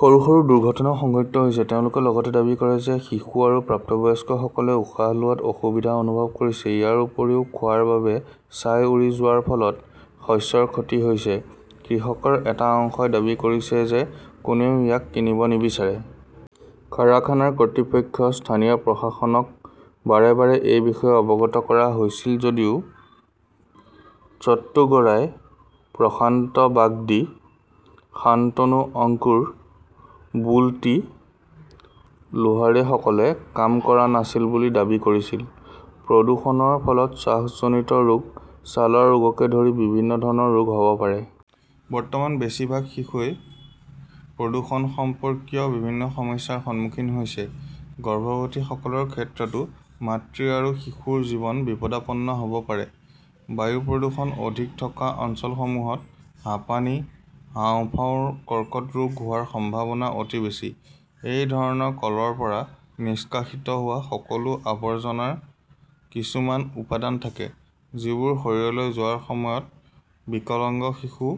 সৰু সৰু দুৰ্ঘটনাও সংঘটিত হৈছে। তেওঁলোকে লগতে দাবী কৰে যে শিশু আৰু প্ৰাপ্তবয়স্কসকলে উশাহ লোৱাত অসুবিধা অনুভৱ কৰিছে। ইয়াৰ উপৰিও, খোৱাৰ বাবে ছাই উৰি যোৱাৰ ফলত শস্যৰ ক্ষতি হৈছে। কৃষকৰ এটা অংশই দাবী কৰিছে যে কোনেও ইয়াক কিনিব নিবিচাৰে। কাৰখানাৰ কৰ্তৃপক্ষ, স্থানীয় প্ৰশাসনক বাৰে বাৰে এই বিষয়ে অৱগত কৰা হৈছিল যদিও ছট্টু গৰাই, প্ৰশান্ত বাগদী, শান্তনু আঙ্কুৰে, বুল্টি লোহাৰেসকলে কাম কৰা নাছিল বুলি দাবী কৰিছিল। প্ৰদূষণৰ ফলত শ্বাসকষ্টজনিত ৰোগ, ছালৰ ৰোগকে ধৰি বিভিন্ন ধৰণৰ ৰোগ হ'ব পাৰে। বৰ্তমান বেছিভাগ শিশুই প্ৰদূষণ সম্পৰ্কীয় বিভিন্ন সমস্যাৰ সন্মুখীন হৈছে। গৰ্ভৱতীসকলৰ ক্ষেত্ৰতো মাতৃ আৰু শিশুৰ জীৱন বিপদাপন্ন হ'ব পাৰে। বায়ু প্ৰদূষণ অধিক থকা অঞ্চলসমূহত হাঁপানি, হাঁওফাঁওৰ কৰ্কট ৰোগ হোৱাৰ সম্ভাৱনা অতি বেছি। এই ধৰণৰ কলৰ পৰা নিষ্কাশিত হোৱা সকলো আৱৰ্জনাৰ কিছুমান উপাদান থাকে যিবোৰ শৰীৰলৈ যোৱাৰ সময়ত বিকলাঙ্গ শিশু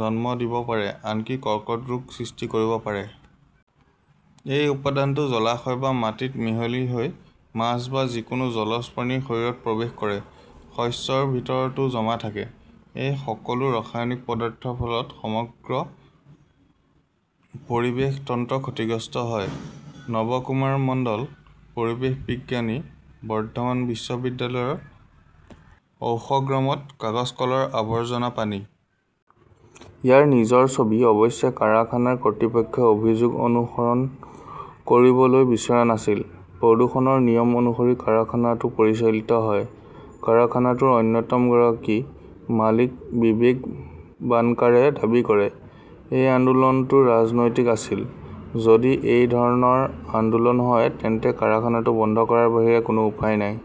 জন্ম দিব পাৰে, আনকি কৰ্কট ৰোগৰ সৃষ্টি কৰিব পাৰে। এই উপাদানটো জলাশয় বা মাটিত মিহলি হৈ মাছ বা যিকোনো জলজ প্ৰাণীৰ শৰীৰত প্ৰৱেশ কৰে। শস্যৰ ভিতৰতো জমা থাকে। এই সকলো ৰাসায়নিক পদাৰ্থৰ ফলত সমগ্ৰ 'পৰিৱেশ তন্ত্ৰ ক্ষতিগ্ৰস্ত হয়'। নবকুমাৰ মণ্ডল, পৰিৱেশ বিজ্ঞানী, বৰ্ধমান বিশ্ববিদ্যালয়ৰ ঔশগ্ৰামত কাগজ কলৰ আৱৰ্জনা পানী। ইয়াৰ নিজৰ ছবি, অৱশ্যে, কাৰখানাৰ কৰ্তৃপক্ষই অভিযোগ অনুসৰণ কৰিবলৈ বিচৰা নাছিল। 'প্ৰদূষণৰ নিয়ম অনুসৰি কাৰখানাটো পৰিচালিত হয়', কাৰখানাটোৰ অন্যতম গৰাকী মালিক বিবেক বানকাৰে দাবী কৰে। এই আন্দোলনটো ৰাজনৈতিক আছিল। যদি এই ধৰণৰ আন্দোলন হয়, তেন্তে কাৰখানাটো বন্ধ কৰাৰ বাহিৰে কোনো উপায় নাই।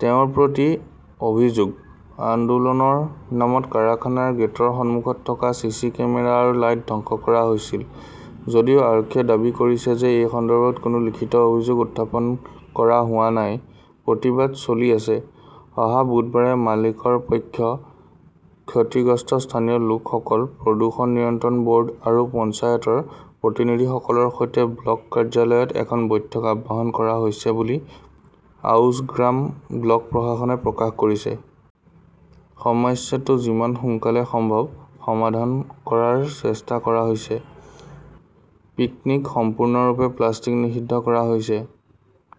'তেওঁৰ প্ৰতি-অভিযোগ' আন্দোলনৰ নামত কাৰখানাৰ গেটৰ সন্মুখত থকা চিচি কেমেৰা আৰু লাইট ধ্বংস কৰা হৈছিল। 'যদিও আৰক্ষীয়ে দাবী কৰিছে যে এই সন্দৰ্ভত কোনো লিখিত অভিযোগ উত্থাপন কৰা হোৱা নাই। প্ৰতিবাদ চলি আছে। অহা বুধবাৰে মালিকৰ পক্ষ, ক্ষতিগ্ৰস্ত স্থানীয় লোকসকল, প্ৰদূষণ নিয়ন্ত্ৰণ ব'ৰ্ড আৰু পঞ্চায়তৰ প্ৰতিনিধিসকলৰ সৈতে ব্লক কাৰ্যালয়ত এখন বৈঠক আহ্বান কৰা হৈছে বুলি আউছগ্ৰাম ব্লক প্ৰশাসনে প্ৰকাশ কৰিছে। সমস্যাটো যিমান সোনকালে সম্ভৱ সমাধান কৰাৰ চেষ্টা কৰা হৈছে। পিকনীক সম্পূৰ্ণৰূপে প্লাষ্টিক নিষিদ্ধ কৰা হৈছে ।